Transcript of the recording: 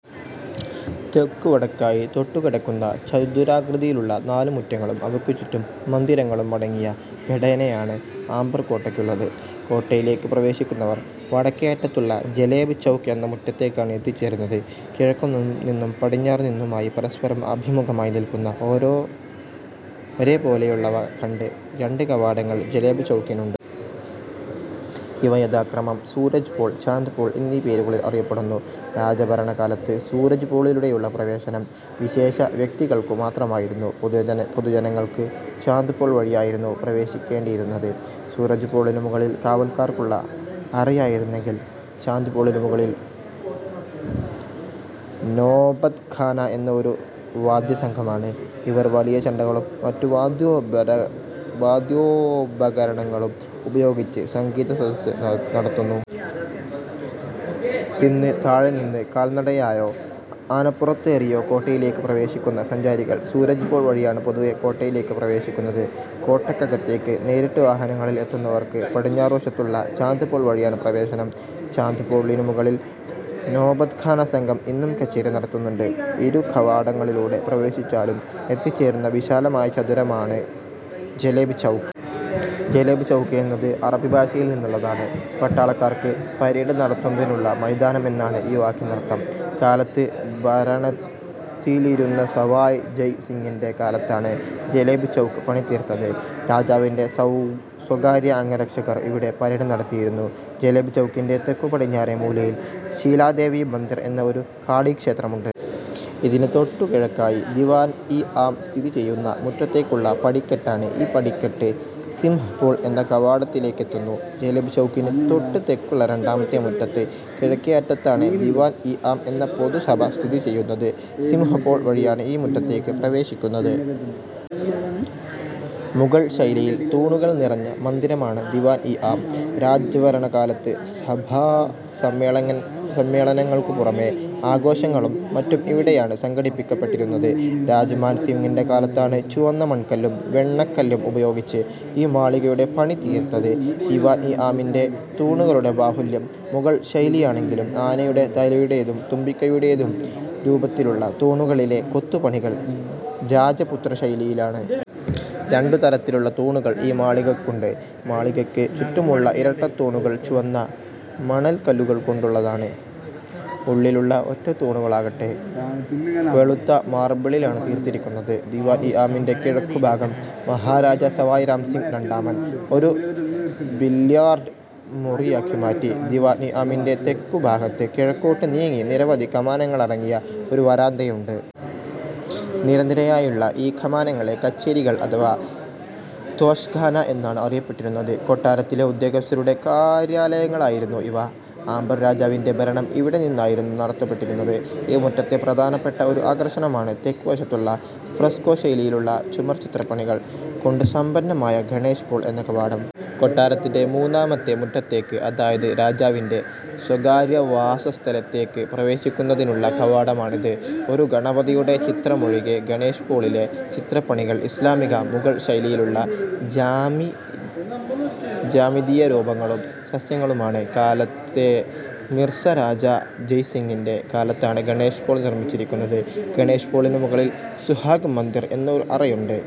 തെക്കുവടക്കായി തൊട്ടുകിടക്കുന്ന ചതുരാകൃതിയിലുള്ള നാല് മുറ്റങ്ങളും അവക്കു ചുറ്റും മന്ദിരങ്ങളും അടങ്ങിയ ഘടനയാണ് ആംബർ കോട്ടക്കുള്ളത്. കോട്ടയിലേക്ക് പ്രവേശിക്കുന്നവർ വടക്കേ അറ്റത്തുള്ള ജലേബ് ചൗക്ക് എന്ന മുറ്റത്തേക്കാണ് എത്തിച്ചേരുന്നത്. കിഴക്കു നിന്നും പടിഞ്ഞാറു നിന്നുമായി പരസ്പരം അഭിമുഖമായി നിൽക്കുന്ന ഒരോപോലെയുള്ള രണ്ട് കവാടങ്ങൾ ജലേബ് ചൗക്കിനുണ്ട്. ഇവ യഥാക്രമം സൂരജ് പോൾ, ചാന്ദ് പോൾ എന്നീ പേരുകളീൽ അറിയപ്പെടുന്നു. രാജഭരണകാലത്ത് സൂരജ് പോളിലൂടെയുള്ള പ്രവേശനം വിശേഷവ്യക്തികൾക്കു മാത്രമായിരുന്നു. പൊതുജനങ്ങൾക്ക് ചാന്ദ് പോൾ വഴിയായിരുന്നു പ്രവേശിക്കേണ്ടീയിരുന്നത്. സൂരജ് പോളിനു മുകളിൽ കാവൽക്കാർക്കുള്ള അറയായിരുന്നെങ്കിൽ ചാന്ദ് പോളിനു മുകളിൽ നോബത്ഖാന എന്ന ഒരു വാദ്യസംഘമാണ്. ഇവർ വലിയ ചെണ്ടകളും മറ്റു വാദ്യോപകരണങ്ങളും ഉപയോഗിച്ച് സംഗീതസദസ്സ് നടത്തുന്നു. ഇന്ന് താഴെ നിന്ന് കാൽനടയായോ, ആനപ്പുറത്തേറിയോ കോട്ടയിലേക്ക് പ്രവേശിക്കുന്ന സഞ്ചാരികൾ സൂരജ് പോൾ വഴിയാണ് പൊതുവേ കോട്ടയിലേക്ക് പ്രവേശിക്കുന്നത്. കോട്ടക്കകത്തേക്ക് നേരിട്ട് വാഹനങ്ങളിൽ എത്തുന്നവർക്ക് പടിഞ്ഞാറുവശത്തുള്ള ചാന്ദ് പോൾ വഴിയാണ് പ്രവേശനം. ചാന്ദ് പോളിനു മുകളിൽ നോബത്ഖാന സംഘം, ഇന്നും കച്ചേരി നടത്തുന്നുണ്ട്. ഇരുകവാടങ്ങളിലൂടെ പ്രവേശിച്ചാലും എത്തിച്ചേരുന്ന വിശാലമായ ചതുരമാണ് ജലേബ് ചൗക്ക്. ജലേബ് ചൗക്ക് എന്നത് അറബിഭാഷയിൽ നിന്നുള്ളതാണ്. പട്ടാളക്കാർക്ക് പരേഡ് നടത്തുന്നതിനുള്ള മൈതാനം എന്നാണ് ഈ വാക്കിനർത്ഥം. കാലത്ത് ഭരണത്തിലിരുന്ന സവായ് ജയ് സിങ്ങിന്റെ കാലത്താണ് ജലേബ് ചൗക്ക് പണി തീർത്തത്. രാജാവിന്റെ സ്വകാര്യ അംഗരക്ഷകർ ഇവിടെ പരേഡ് നടത്തിയിരുന്നു. ജലേബ് ചൗക്കിന്റെ തെക്കുപടിഞ്ഞാറെ മൂലയിൽ ശീലാദേവി മന്ദിർ എന്ന ഒരു കാളീക്ഷേത്രമുണ്ട്. ഇതിന് തൊട്ടുകിഴക്കായി ദിവാൻ-ഇ ആം സ്ഥിതി ചെയ്യുന്ന മുറ്റത്തേക്കുള്ള പടിക്കെട്ടാണ്. ഈ പടിക്കെട്ട്, സിംഹ് പോൾ എന്ന കവാടത്തിലേക്കെത്തുന്നു. ജലേബ് ചൗക്കിന് തൊട്ട് തെക്കുള്ള രണ്ടാമത്തെ മുറ്റത്ത് കിഴക്കേ അറ്റത്താണ് ദിവാൻ ഇ ആം എന്ന പൊതുസഭ സ്ഥിതി ചെയ്യുന്നത്. സിംഹ് പോൾ വഴിയാണ് ഈ മുറ്റത്തേക്ക് പ്രവേശിക്കുന്നത്. മുഗൾ ശൈലിയിൽ തൂണുകൾ നിറഞ്ഞ മന്ദിരമാണ് ദിവാൻ ഇ ആം. രാജഭരണകാലത്ത് സഭാസമ്മേളനങ്ങൾക്കു പുറമേ ആഘോഷങ്ങളും മറ്റും ഇവിടെയാണ് സംഘടിപ്പിക്കപ്പെട്ടിരുന്നത്. രാജ മാൻ സിങ്ങിന്റെ കാലത്താണ് ചുവന്ന മണൽക്കല്ലും വെണ്ണക്കല്ലും ഉപയോഗിച്ച് ഈ മാളികയുടെ പണി തീർത്തത്. ദിവാൻ ഇ ആമിലെ തൂണുകളുടെ ബാഹുല്യം മുഗൾ ശൈലിയാണെങ്കിലും, ആനയുടെ തലയുടേയും തുമ്പിക്കൈയുംടേയും രൂപത്തിലുള്ള, തൂണുകളിലെ കൊത്തുപണികൾ രജപുത്രശൈലിയിലാണ്. രണ്ടു തരത്തിലുള്ള തൂണുകൾ ഈ മാളികക്കുണ്ട്. മാളികക്ക് ചുറ്റുമുള്ള ഇരട്ടത്തൂണുകൾ ചുവന്ന മണൽക്കല്ലുകൊണ്ടുള്ളതാണ്. ഉള്ളിലുള്ള ഒറ്റത്തൂണുകളാകട്ടെ, വെളുത്ത മാർബിളിലാണ് തീർത്തിരിക്കുന്നത്. ദിവാൻ ഇ ആമിന്റെ കിഴക്കുഭാഗം, മഹാരാജ സവായ് രാംസിങ് രണ്ടാമൻ, ഒരു ബില്യാർഡ് മുറിയാക്കി മാറ്റി. ദിവാൻ ഇ ആമിന്റെ തെക്കുഭാഗത്ത് കിഴക്കോട്ട് നീങ്ങി നിരവധി കമാനങ്ങളടങ്ങിയ ഒരു വരാന്തയുണ്ട്. നിരനിരയായുള്ള ഈ കമാനങ്ങളെ കച്ചേരികൾ അഥവാ തോശഖാന എന്നാണ് അറിയപ്പെട്ടിരുന്നത്. കൊട്ടാരത്തിലെ ഉദ്യോഗസ്ഥരുടെ കാര്യാലയങ്ങളായിരുന്നു ഇവ. ആംബർ രാജ്യത്തിന്റെ ഭരണം ഇവിടെ നിന്നായിരുന്നു നടത്തപ്പെട്ടിരുന്നത്. ഈ മുറ്റത്തെ പ്രധാനപ്പെട്ട ഒരു ആകർഷണമാണ് തെക്കുവശത്തുള്ള ഫ്രസ്കോ ശൈലിയിലുള്ള ചുമർചിത്രപ്പണികൾ കൊണ്ട് സമ്പന്നമായ ഗണേശ് പോൾ എന്ന കവാടം. കൊട്ടാരത്തിന്റെ മൂന്നാമത്തെ മുറ്റത്തേക്ക് അതായത് രാജാവിന്റെ സ്വകാര്യവാസസ്ഥലത്തേക്ക് പ്രവേശിക്കുന്നതിനുള്ള കവാടമാണിത്. ഒരു ഗണപതിയുടെ ചിത്രമൊഴികെ ഗണേശ് പോളിലെ ചിത്രപ്പണികൾ ഇസ്ലാമിക/മുഗൾ ശൈലിയിലുള്ള ജ്യാമിതീയരൂപങ്ങളും സസ്യങ്ങളുമാണ്. കാലത്തെ മിർസ രാജ ജയ് സിങ്ങിന്റെ കാലത്താണ് ഗണേശ് പോൾ നിർമ്മിച്ചിരിക്കുന്നത്. ഗണേശ് പോളിന് മുകളിൽ സുഹാഗ് മന്ദിർ എന്ന ഒരു അറയുണ്ട്.